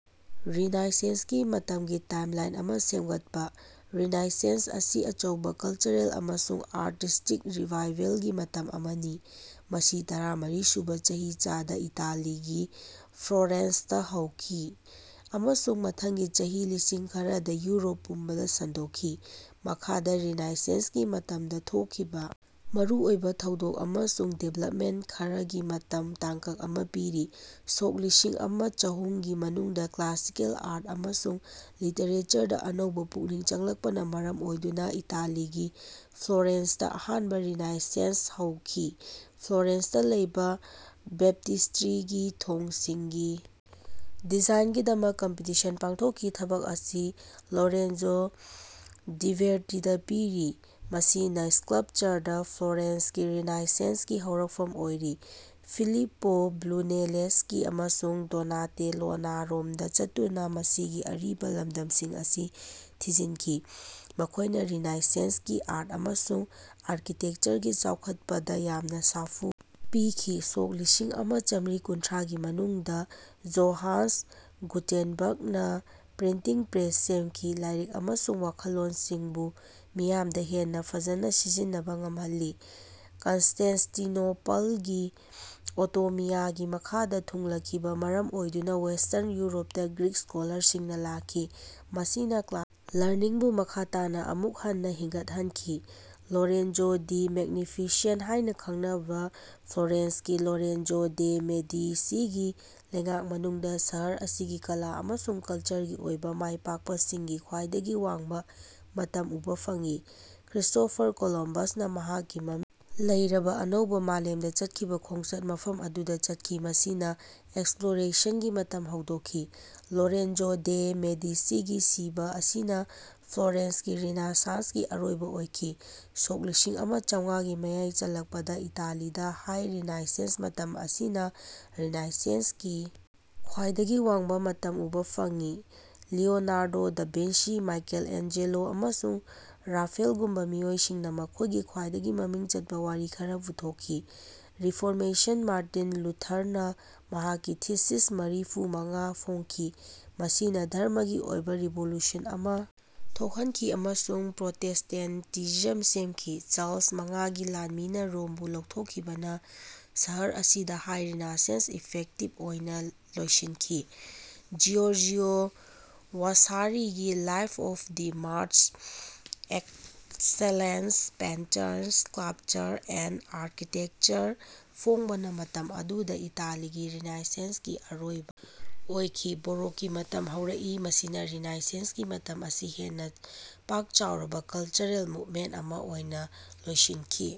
ꯔꯤꯅꯥꯏꯟꯁꯦꯟꯁꯀꯤ ꯃꯇꯝꯒꯤ ꯇꯥꯏꯝꯂꯥꯏꯟ ꯑꯃ ꯁꯦꯝꯒꯠꯄ꯫ ꯔꯤꯅꯥꯏꯟꯁꯦꯟꯁ ꯑꯁꯤ ꯑꯆꯧꯕ ꯀꯜꯆꯔꯦꯜ ꯑꯃꯁꯨꯡ ꯑꯥꯔꯇꯤꯁ꯭ꯇꯤꯛ ꯔꯤꯚꯥꯏꯚꯦꯜꯒꯤ ꯃꯇꯝ ꯑꯃꯅꯤ, ꯃꯁꯤ ꯇꯔꯥꯃꯔꯤ ꯁꯨꯕꯥ ꯆꯍꯤꯆꯥꯗꯥ ꯏꯇꯥꯂꯤꯒꯤ ꯐ꯭ꯂꯣꯔꯦꯟꯁꯇ ꯍꯧꯔꯛꯈꯤ ꯑꯃꯁꯨꯡ ꯃꯊꯪꯒꯤ ꯆꯍꯤ ꯂꯤꯁꯤꯡ ꯈꯔꯗꯥ ꯌꯨꯔꯣꯞ ꯄꯨꯝꯕꯗꯥ ꯁꯟꯗꯣꯛꯈꯤ꯫ ꯃꯈꯥꯗ ꯔꯤꯅꯥꯏꯟꯁꯦꯟꯁꯀꯤ ꯃꯇꯝꯗ ꯊꯣꯛꯈꯤꯕ ꯃꯔꯨ ꯑꯣꯏꯕ ꯊꯧꯗꯣꯛ ꯑꯃꯁꯨꯡ ꯗꯤꯕꯦꯂꯞꯃꯦꯟꯇ ꯈꯔꯒꯤ ꯃꯇꯝꯒꯤ ꯇꯥꯡꯀꯛ ꯑꯃ ꯄꯤꯔꯤ: ꯁꯣꯛ ꯂꯤꯁꯤꯡ ꯑꯃ ꯆꯍꯨꯝꯒꯤ ꯃꯅꯨꯡꯗ ꯀ꯭ꯂꯥꯁꯤꯀꯦꯜ ꯑꯥꯔꯠ ꯑꯃꯁꯨꯡ ꯂꯤꯇꯔꯦꯆꯔꯗ ꯑꯅꯧꯕ ꯄꯨꯛꯅꯤꯡ ꯆꯪꯂꯛꯄꯅ ꯃꯔꯝ ꯑꯣꯏꯗꯨꯅ ꯏꯇꯥꯂꯤꯒꯤ ꯐ꯭ꯂꯣꯔꯦꯟꯁꯇ ꯑꯍꯥꯟꯕ ꯔꯤꯅꯥꯏꯟꯁꯦꯟꯁ ꯍꯧꯈꯤ꯫ ꯐ꯭ꯂꯣꯔꯦꯟꯁꯇ ꯂꯩꯕ ꯕꯦꯞꯇꯤꯁꯇ꯭ꯔꯤꯒꯤ ꯊꯣꯡꯁꯤꯡꯒꯤ ꯗꯤꯖꯥꯏꯟꯒꯤꯗꯃꯛ ꯀꯝꯄꯤꯇꯤꯁꯟ ꯄꯥꯡꯊꯣꯛꯈꯤ꯫ ꯊꯕꯛ ꯑꯁꯤ ꯂꯣꯔꯦꯟꯖꯣ ꯘꯤꯕꯦꯔꯇꯤꯗ ꯄꯤꯔꯤ, ꯃꯁꯤꯅ ꯁ꯭ꯀꯜꯞꯆꯔꯗ ꯐ꯭ꯂꯣꯔꯦꯟꯁꯀꯤ ꯔꯤꯅꯥꯏꯟꯁꯦꯟꯁꯀꯤ ꯍꯧꯔꯛꯐꯝ ꯑꯣꯏꯔꯤ꯫ ꯐꯤꯂꯤꯄꯣ ꯕ꯭ꯔꯨꯅꯦꯂꯦꯁꯀꯤ ꯑꯃꯁꯨꯡ ꯗꯣꯅꯥꯇꯦꯂꯣꯅꯥ ꯔꯣꯝꯗ ꯆꯠꯇꯨꯅ ꯃꯁꯤꯒꯤ ꯑꯔꯤꯕ ꯂꯝꯗꯝꯁꯤꯡ ꯑꯁꯤ ꯊꯤꯖꯤꯟꯈꯤ, ꯃꯈꯣꯏꯅꯥ ꯔꯤꯅꯥꯏꯟꯁꯁꯦꯟꯁꯀꯤ ꯑꯥꯔꯠ ꯑꯃꯁꯨꯡ ꯑꯥꯔꯀꯤꯇꯦꯛꯆꯔꯒꯤ ꯆꯥꯎꯈꯠꯄꯗ ꯌꯥꯝꯅ ꯁꯥꯐꯨ ꯄꯤꯈꯤ꯫ ꯁꯣꯛ ꯂꯤꯁꯤꯡ ꯑꯃ ꯆꯥꯃꯔꯤ ꯀꯨꯟꯊ꯭ꯔꯥꯒꯤ ꯃꯅꯨꯡꯗꯥ ꯖꯣꯍꯥꯟꯁ ꯒꯨꯇꯦꯟꯕꯔꯒꯅ ꯄ꯭ꯔꯤꯟꯇꯤꯡ ꯄ꯭ꯔꯦꯁ ꯁꯦꯝꯈꯤ, ꯂꯥꯏꯔꯤꯛ ꯑꯃꯁꯨꯡ ꯋꯥꯈꯜꯂꯣꯟꯁꯤꯡꯕꯨ ꯃꯤꯌꯥꯝꯗ ꯍꯦꯟꯅꯥ ꯐꯖꯅ ꯁꯤꯖꯤꯟꯅꯕ ꯉꯝꯍꯜꯂꯤ꯫ ꯀꯟꯁꯇꯦꯟꯇꯤꯅꯣꯄꯜꯒꯤ ꯑꯣꯇꯣꯃꯤꯌꯥꯒꯤ ꯃꯈꯥꯗ ꯊꯨꯡꯂꯈꯤꯕꯅ ꯃꯔꯝ ꯑꯣꯏꯗꯨꯅ ꯋꯦꯁꯇꯔꯟ ꯌꯨꯔꯣꯞꯇ ꯒ꯭ꯔꯤꯛ ꯁ꯭ꯀꯣꯂꯥꯔꯁꯤꯡꯅ ꯂꯥꯛꯈꯤ꯫ ꯃꯁꯤꯅ ꯀ꯭ꯂꯥ ꯂꯔꯅꯤꯡꯕꯨ ꯃꯈꯥ ꯇꯥꯅ ꯑꯃꯨꯛ ꯍꯟꯅ ꯍꯤꯡꯒꯠꯍꯟꯈꯤ꯫ ꯂꯣꯔꯦꯟꯖꯣ ꯗꯤ ꯃꯦꯒꯅꯤꯐꯤꯁꯦꯟꯇ ꯍꯥꯏꯅ ꯈꯪꯅꯕ ꯐ꯭ꯂꯣꯔꯦꯟꯁꯀꯤ ꯂꯣꯔꯦꯟꯖꯣ ꯗꯦ ꯃꯦꯗꯤꯁꯤꯒꯤ ꯂꯩꯉꯥꯛ ꯃꯅꯨꯡꯗꯥ ꯁꯍꯔ ꯑꯁꯤꯒꯤ ꯀꯂꯥ ꯑꯃꯁꯨꯡ ꯀꯂꯆꯔꯒꯤ ꯑꯣꯏꯕ ꯃꯥꯏꯄꯥꯛꯄꯁꯤꯡꯒꯤ ꯈ꯭ꯋꯥꯏꯗꯒꯤ ꯋꯥꯡꯕ ꯃꯇꯝ ꯎꯕ ꯐꯪꯏ꯫ ꯀ꯭ꯔꯤꯁꯇꯣꯐꯔ ꯀꯣꯂꯝꯕꯁꯅ ꯃꯍꯥꯛꯀꯤ ꯃꯃꯤꯡ ꯂꯩꯔꯕ ꯑꯅꯧꯕ ꯃꯥꯂꯦꯝꯗ ꯆꯠꯈꯤꯕ ꯈꯣꯡꯆꯠ ꯃꯐꯝ ꯑꯗꯨꯗ ꯆꯠꯈꯤ, ꯃꯁꯤꯅ ꯑꯦꯛꯁꯄ꯭ꯂꯣꯔꯦꯁꯟꯒꯤ ꯃꯇꯝ ꯍꯧꯗꯣꯛꯈꯤ꯫ ꯂꯣꯔꯦꯟꯖꯣ ꯗꯦ' ꯃꯦꯗꯤꯁꯤꯒꯤ ꯁꯤꯕꯥ ꯑꯁꯤꯅ ꯐ꯭ꯂꯣꯔꯦꯟꯁꯀꯤ ꯔꯤꯅꯦꯁꯥꯟꯁꯀꯤ ꯑꯔꯣꯏꯕ ꯑꯣꯏꯈꯤ꯫ ꯁꯣꯛ ꯂꯤꯁꯤꯡ ꯑꯃ ꯆꯥꯃꯉꯥꯒꯤ ꯃꯌꯥꯏ ꯆꯜꯂꯛꯄꯗ ꯏꯇꯥꯂꯤꯗ ꯍꯥꯏ ꯔꯤꯅꯥꯏꯟꯁꯦꯟꯁ ꯃꯇꯝ ꯑꯁꯤꯅꯥ ꯔꯤꯅꯥꯏꯟꯁꯦꯟꯁꯀꯤ ꯈ꯭ꯋꯥꯏꯗꯒꯤ ꯋꯥꯡꯕ ꯃꯇꯝ ꯎꯕ ꯐꯪꯏ, Leonardo da Vinci, Michelangelo, ꯑꯃꯁꯨꯡ ꯔꯥꯐꯦꯜꯒꯨꯝꯕ ꯃꯤꯑꯣꯏꯁꯤꯡꯅ ꯃꯈꯣꯏꯒꯤ ꯈ꯭ꯋꯥꯏꯗꯒꯤ ꯃꯃꯤꯡ ꯆꯠꯄ ꯋꯥꯔꯤ ꯈꯔ ꯄꯨꯊꯣꯛꯈꯤ꯫ ꯔꯤꯐꯣꯔꯃꯦꯁꯟ: ꯃꯥꯔꯇꯤꯟ ꯂꯨꯊꯔꯅ ꯃꯍꯥꯛꯀꯤ "ꯊꯤꯁꯤꯁ ꯃꯔꯤꯐꯨ ꯃꯉꯥ" ꯐꯣꯡꯈꯤ꯫ ꯃꯁꯤꯅ ꯙꯔꯝꯃꯒꯤ ꯑꯣꯏꯕ ꯔꯤꯚꯣꯂꯨꯁꯟ ꯑꯃ ꯊꯣꯛꯍꯟꯈꯤ ꯑꯃꯁꯨꯡ ꯄ꯭ꯔꯣꯇꯦꯁꯇꯦꯟꯇꯤꯖꯝ ꯁꯦꯝꯈꯤ꯫ ꯆꯥꯔꯂꯁ ꯃꯉꯥꯒꯤ ꯂꯥꯟꯃꯤꯅꯥ ꯔꯣꯝꯕꯨ ꯂꯧꯊꯣꯛꯈꯤꯕꯅ ꯁꯍꯔ ꯑꯁꯤꯗꯥ ꯍꯥꯏ ꯔꯤꯅꯥꯏꯟꯁꯦꯟꯁ ꯏꯐꯦꯛꯇꯤꯕ ꯑꯣꯏꯅ ꯂꯣꯏꯁꯤꯟꯈꯤ꯫ ꯖꯤꯑꯣꯔꯖꯤꯑꯣ ꯋꯥꯁꯥꯔꯤꯒꯤ "life of the most excellent painter, sculpture and architecture" ꯐꯣꯡꯕꯅ ꯃꯇꯝ ꯑꯗꯨꯗ ꯏꯇꯥꯂꯤꯒꯤ ꯔꯤꯅꯥꯏꯟꯁꯦꯟꯁꯀꯤ ꯑꯔꯣꯏꯕ ꯑꯣꯏꯈꯤ꯫ ꯕꯦꯔꯣꯛꯀꯤ ꯃꯇꯝ ꯍꯧꯔꯛꯏ, ꯃꯁꯤꯅꯥ ꯔꯤꯅꯥꯏꯟꯁꯦꯟꯁꯀꯤ ꯃꯇꯝ ꯑꯁꯤ ꯍꯦꯟꯅ ꯄꯥꯛ ꯆꯥꯎꯔꯕ ꯀꯜꯆꯔꯦꯜ ꯃꯨꯕꯃꯦꯟꯇ ꯑꯃ ꯑꯣꯏꯅ ꯂꯣꯏꯁꯤꯟꯈꯤ꯫